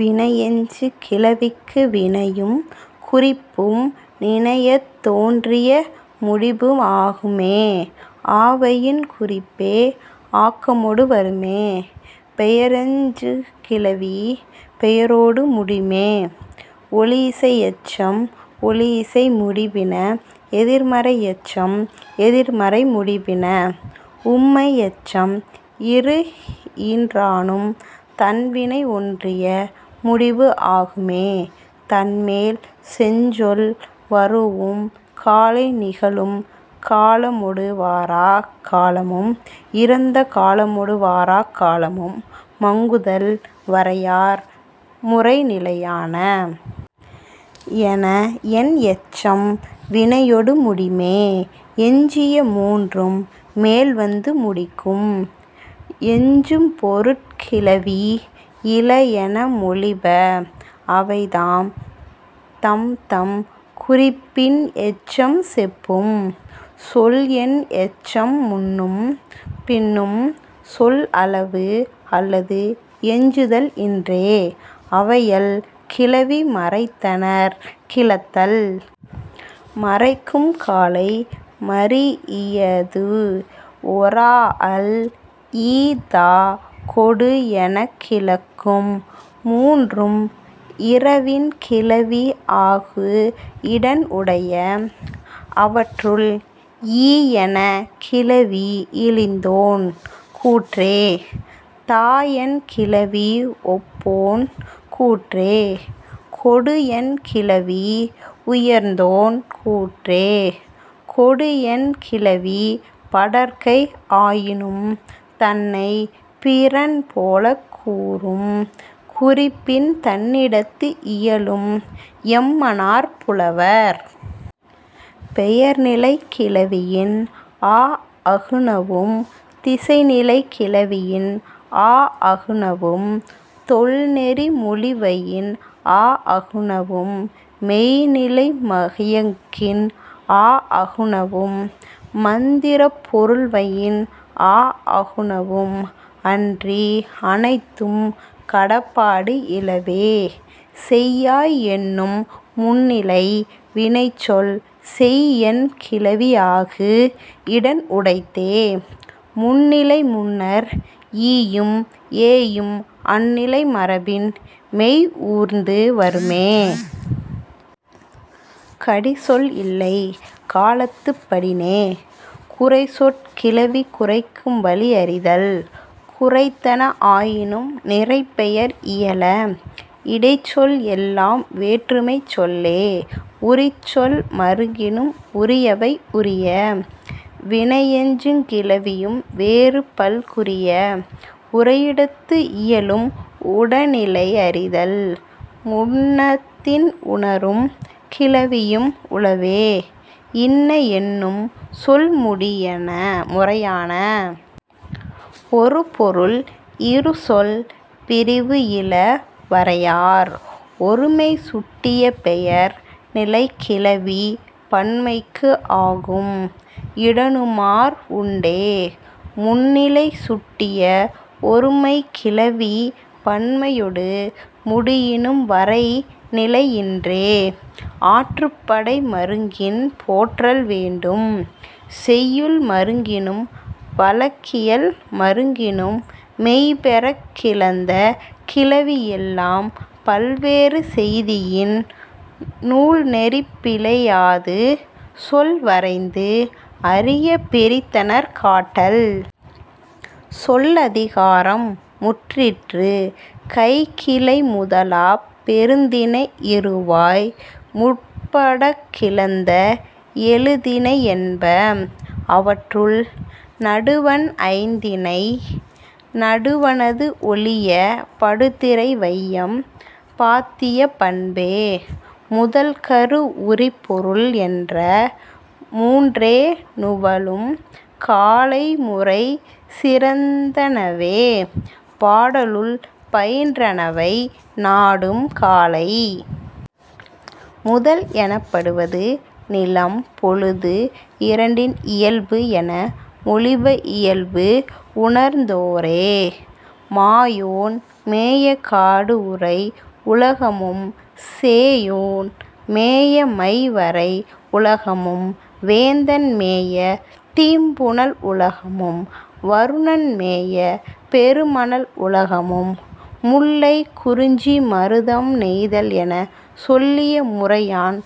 வினையெஞ்சுகிளவிக்கு வினையும் குறிப்பும் நினையத் தோன்றிய முடிபு ஆகும்மே ஆவயின் குறிப்பே ஆக்கமொடு வருமே. பெயரெஞ்சுகிளவி பெயரொடு முடிமே. ஒழியிசை எச்சம் ஒழியிசை முடிபின. எதிர்மறை எச்சம் எதிர்மறை முடிபின. உம்மை எச்சம் இரு ஈற்றானும் தன் வினை ஒன்றிய முடிபு ஆகும்மே. தன்மேல் செஞ்சொல் வரூஉம் காலை நிகழும் காலமொடு வாராக் காலமும் இறந்த காலமொடு வாராக் காலமும் மங்குதல் வரையார் முறைநிலையான. என என் எச்சம் வினையொடு முடிமே. எஞ்சிய மூன்றும் மேல் வந்து முடிக்கும் எஞ்சு பொருட் கிளவி இல என மொழிப. அவைதாம், தம்தம் குறிப்பின் எச்சம் செப்பும். சொல் என் எச்சம் முன்னும் பின்னும் சொல் அளவு அல்லது எஞ்சுதல் இன்றே. அவையல் கிளவி மறைத்தனர் கிளத்தல். மறைக்கும் காலை மரீஇயது ஒராஅல். ஈ தா கொடு எனக் கிளக்கும் மூன்றும் இரவின் கிளவி ஆகு இடன் உடைய. அவற்றுள், ஈ என கிளவி இழிந்தோன் கூற்றே. தா என் கிளவி ஒப்போன் கூற்றே. கொடு என் கிளவி உயர்ந்தோன் கூற்றே. கொடு என் கிளவி படர்க்கை ஆயினும் தன்னைப் பிறன் போல கூறும் குறிப்பின் தன்னிடத்து இயலும் என்மனார் புலவர். பெயர்நிலைக் கிளவியின் ஆஅகுநவும் திசைநிலை கிளவியின் ஆஅகுநவும் தொல் நெறி மொழிவயின் ஆஅகுநவும் மெய்ந் நிலை மயக்கின் ஆஅகுநவும் மந்திரப் பொருள்வயின் ஆஅகுநவும் அன்றி அனைத்தும் கடப்பாடு இலவே. செய்யாய் என்னும் முன்னிலை வினைச்சொல் செய் என் கிளவி ஆகு இடன் உடைத்தே. முன்னிலை முன்னர் ஈயும் ஏயும் அந் நிலை மரபின் மெய் ஊர்ந்து வருமே. கடி சொல் இல்லை காலத்துப் படினே. குறைச்சொற் கிளவி குறைக்கும் வழி அறிதல். குறைத்தன ஆயினும் நிறைப் பெயர் இயல. இடைச்சொல் எல்லாம் வேற்றுமைச் சொல்லே. உரிச்சொல் மருங்கினும் உரியவை உரிய. வினையெஞ்சுகிளவியும் வேறு பல் குறிய. உரையிடத்து இயலும் உடனிலை அறிதல். முன்னத்தின் உணரும் கிளவியும் உளவே இன்ன என்னும் சொல் முறையான. ஒரு பொருள் இரு சொல் பிரிவு இல வரையார். ஒருமை சுட்டிய பெயர் நிலைக் கிளவி பன்மைக்கு ஆகும் இடனுமார் உண்டே. முன்னிலை சுட்டிய ஒருமைக் கிளவி பன்மையொடு முடியினும் வரை நிலை இன்றே ஆற்றுப்படை மருங்கின் போற்றல் வேண்டும். செய்யுள் மருங்கினும் வழக்கியல் மருங்கினும் மெய் பெறக் கிளந்த கிளவி எல்லாம் பல் வேறு செய்தியின் நூல் நெறி பிழையாது சொல் வரைந்து அறிய பிரித்தனர் காட்டல். சொல்லதிகாரம் முற்றிற்று கைக்கிளை முதலாப் பெருந்திணை இறுவாய் முற்படக் கிளந்த எழு திணை என்ப. அவற்றுள், நடுவண் ஐந்திணை நடுவணது ஒழிய படு திரை வையம் பாத்திய பண்பே. முதல் கரு உரிப்பொருள் என்ற மூன்றே நுவலும் காலை முறை சிறந்தனவே பாடலுள் பயின்றவை நாடும் காலை. முதல் எனப்படுவது நிலம் பொழுது இரண்டின் இயல்பு என மொழிப இயல்பு உணர்ந்தோரே. மாயோன் மேய காடு உறை உலகமும் சேயோன் மேய மை வரை உலகமும் வேந்தன் மேய தீம் புனல் உலகமும் வருணன் மேய பெரு மணல் உலகமும் முல்லை குறிஞ்சி மருதம் நெய்தல் எனச் சொல்லிய முறையான்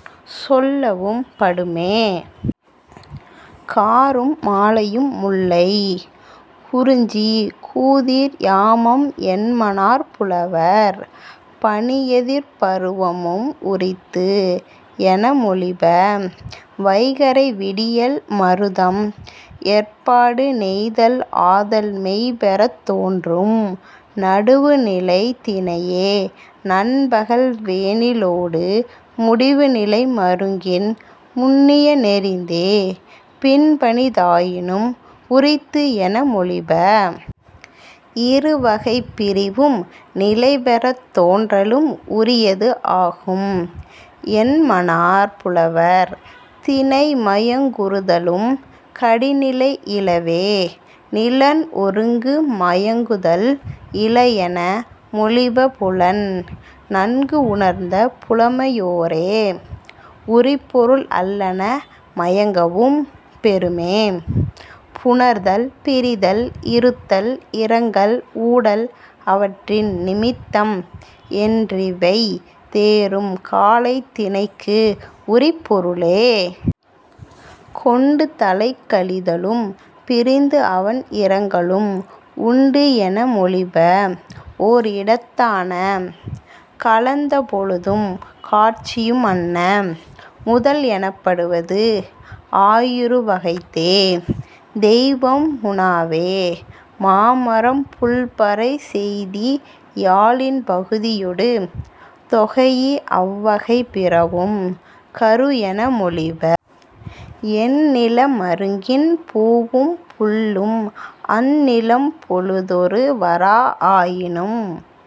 சொல்லவும் படுமே. காரும் மாலையும் முல்லை. குறிஞ்சி, கூதிர் யாமம் என்மனார் புலவர். பனி எதிர் பருவமும் உரித்து என மொழிப. வைகறை விடியல் மருதம். எற்பாடு, நெய்தல் ஆதல் மெய் பெறத் தோன்றும். நடுவுநிலைத் திணையே நண்பகல் வேனிலொடு முடிவு நிலை மருங்கின் முன்னிய நெறித்தே. பின்பனிதாயினும் உரித்து என மொழிப. இரு வகைப் பிரிவும் நிலை பெறத் தோன்றலும் உரியது ஆகும் என்மனார் புலவர். திணை மயக்குறுதலும் கடி நிலை இலவே நிலன் ஒருங்கு மயங்குதல் இல என மொழிப புலன் நன்கு உணர்ந்த புலமையோரே. உரிப்பொருள் அல்லன மயங்கவும் பெறுமே. புணர்தல் பிரிதல் இருத்தல் இரங்கல் ஊடல் அவற்றின் நிமித்தம் என்றிவை தேரும் காலை திணைக்கு உரிப்பொருளே. கொண்டு தலைக்கழிதலும் பிரிந்து அவண் இரங்கலும் உண்டு என மொழிப ஓர் இடத்தான. கலந்த பொழுதும் காட்சியும் அன்ன. முதல் எனப்படுவது ஆயிரு வகைத்தே. தெய்வம் உணாவே மா மரம் புள் பறை செய்தி யாழின் பகுதியொடு தொகைஇ அவ் வகை பிறவும் கரு என மொழிப. எந் நில மருங்கின் பூவும் புள்ளும் அந் நிலம் பொழுதொடு வரா ஆயினும்।